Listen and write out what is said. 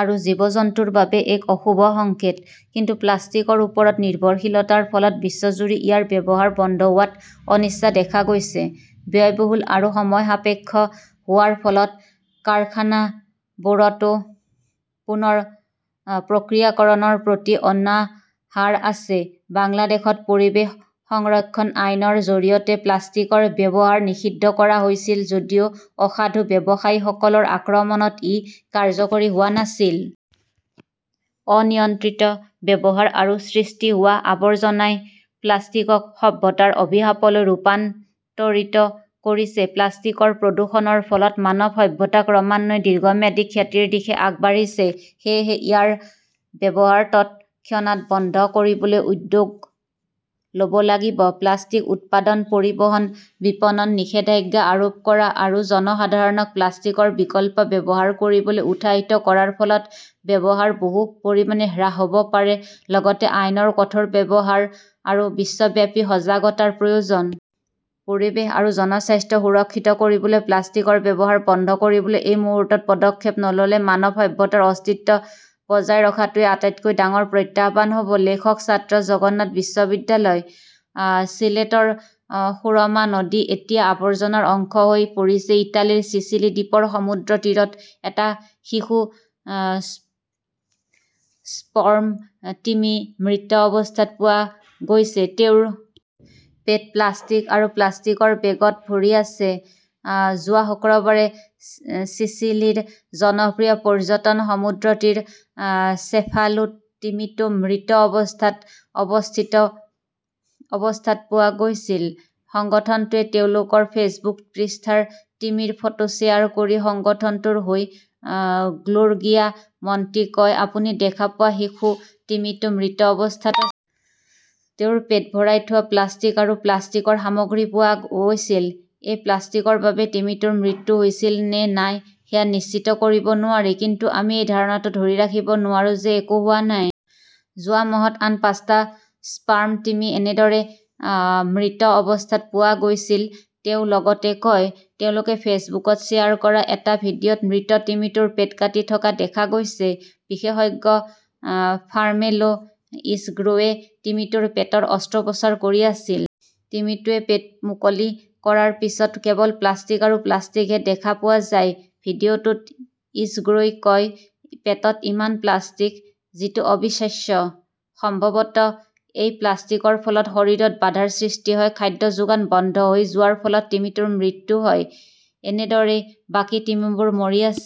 আৰু জীৱ-জন্তুৰ বাবে এক অশুভ সংকেত। কিন্তু প্লাষ্টিকৰ ওপৰত নিৰ্ভৰশীলতাৰ ফলত বিশ্বজুৰি ইয়াৰ ব্যৱহাৰ বন্ধ হোৱাত অনিচ্ছা দেখা গৈছে। ব্যয়বহুল আৰু সময়সাপেক্ষ হোৱাৰ ফলত কাৰখানাবোৰতো পুনৰ প্ৰক্ৰিয়াকৰণৰ প্ৰতি অনাহাৰ আছে। বাংলাদেশত পৰিৱেশ সংৰক্ষণ আইনৰ জৰিয়তে প্লাষ্টিকৰ ব্যৱহাৰ নিষিদ্ধ কৰা হৈছিল যদিও অসাধু ব্যৱসায়ীসকলৰ আক্ৰমণত ই কাৰ্যকৰী হোৱা নাছিল। অনিয়ন্ত্ৰিত ব্যৱহাৰ আৰু সৃষ্টি হোৱা আৱৰ্জনাই প্লাষ্টিকক সভ্যতাৰ অভিশাপলৈ ৰূপান্তৰিত কৰিছে। প্লাষ্টিকৰ প্ৰদূষণৰ ফলত মানৱ সভ্যতা ক্ৰমান্বয়ে দীৰ্ঘম্যাদী ক্ষতিৰ দিশে আগবাঢ়িছে। সেয়েহে ইয়াৰ ব্যৱহাৰ তৎক্ষণাত বন্ধ কৰিবলৈ উদ্যোগ ল 'ব লাগিব। প্লাষ্টিক উৎপাদন, পৰিবহণ, বিপণন নিষেধাজ্ঞা আৰোপ কৰা আৰু জনসাধাৰণক প্লাষ্টিকৰ বিকল্প ব্যৱহাৰ কৰিবলৈ উৎসাহিত কৰাৰ ফলত ব্যৱহাৰ বহু পৰিমাণে হ্ৰাস হ'ব পাৰে লগতে আইনৰ কঠোৰ ব্যৱহাৰ আৰু বিশ্বব্যাপী সজাগতাৰ প্ৰয়োজন। পৰিৱেশ আৰু জনস্বাস্থ্য সুৰক্ষিত কৰিবলৈ প্লাষ্টিকৰ ব্যৱহাৰ বন্ধ কৰিবলৈ এই মুহূৰ্তত পদক্ষেপ নল 'লে মানৱ সভ্যতাৰ অস্তিত্ব বজাই ৰখাটোৱেই আটাইতকৈ ডাঙৰ প্ৰত্যাহ্বান হ'ব। লেখক ছাত্ৰ, জগন্নাথ বিশ্ববিদ্যালয়। ছিলেটৰ সুৰমা নদী এতিয়া আৱৰ্জনাৰ অংশ হৈ পৰিছে ইটালীৰ চিচিলি দ্বীপৰ সমুদ্ৰতীৰত এটা শিশু স্পৰ্ম তিমি মৃত অৱস্থাত পোৱা গৈছে। তেওঁৰ পেট প্লাষ্টিক আৰু প্লাষ্টিকৰ বেগত ভৰি আছে। যোৱা শুক্ৰবাৰে চিচিলিৰ জনপ্ৰিয় পৰ্যটন সমুদ্ৰতীৰ চেফালুত তিমিটো মৃত অৱস্থাত অৱস্থিত অৱস্থাত পোৱা গৈছিল। সংগঠনটোৱে তেওঁলোকৰ ফেচবুক পৃষ্ঠাত তিমিৰ ফটো শ্বেয়াৰ কৰি সংগঠনটোৰ হৈ গ্ল'ৰগিয়া মণ্টি কয়, আপুনি দেখা পোৱাৰ দৰে শিশু তিমিটো মৃত অৱস্থাত আছে। তেওঁৰ পেট ভৰাই থোৱা প্লাষ্টিক আৰু প্লাষ্টিকৰ সামগ্ৰী পোৱা গৈছিল। এই প্লাষ্টিকৰ বাবেই তিমিটোৰ মৃত্যু হৈছিল নে নাই সেয়া নিশ্চিত কৰিব নোৱাৰি। কিন্তু আমি এই ধাৰণাটো ধৰি ৰাখিব নোৱাৰোঁ যে একো হোৱা নাই। যোৱা মাহত আন পাঁচটা স্পাৰ্ম তিমি এনেদৰে মৃত অৱস্থাত পোৱা গৈছিল, তেওঁ লগতে কয়। তেওঁলোকে ফেচবুকত শ্বেয়াৰ কৰা এটা ভিডিঅ'ত মৃত তিমিটোৰ পেট কাটি থকা দেখা গৈছে। বিশেষজ্ঞ কাৰ্মেলো ইছগ্ৰোৱে তিমিটোৰ পেটৰ অস্ত্ৰোপচাৰ কৰি আছিল। তিমিটোৱে পেট মুকলি কৰাৰ পিছত কেৱল প্লাষ্টিক আৰু প্লাষ্টিকহে দেখা পোৱা যায়। ভিডিঅ'টোত ইছগ্ৰ'ই কয়, পেটত ইমান প্লাষ্টিক! যিটো অবিশ্বাস্য। সম্ভৱত এই প্লাষ্টিকৰ ফলত শৰীৰত বাধাৰ সৃষ্টি হয়, খাদ্য যোগান বন্ধ হৈ যোৱাৰ ফলত তিমিটোৰ মৃত্যু হয়। এনেদৰেই বাকী তিমিবোৰ মৰি আছে।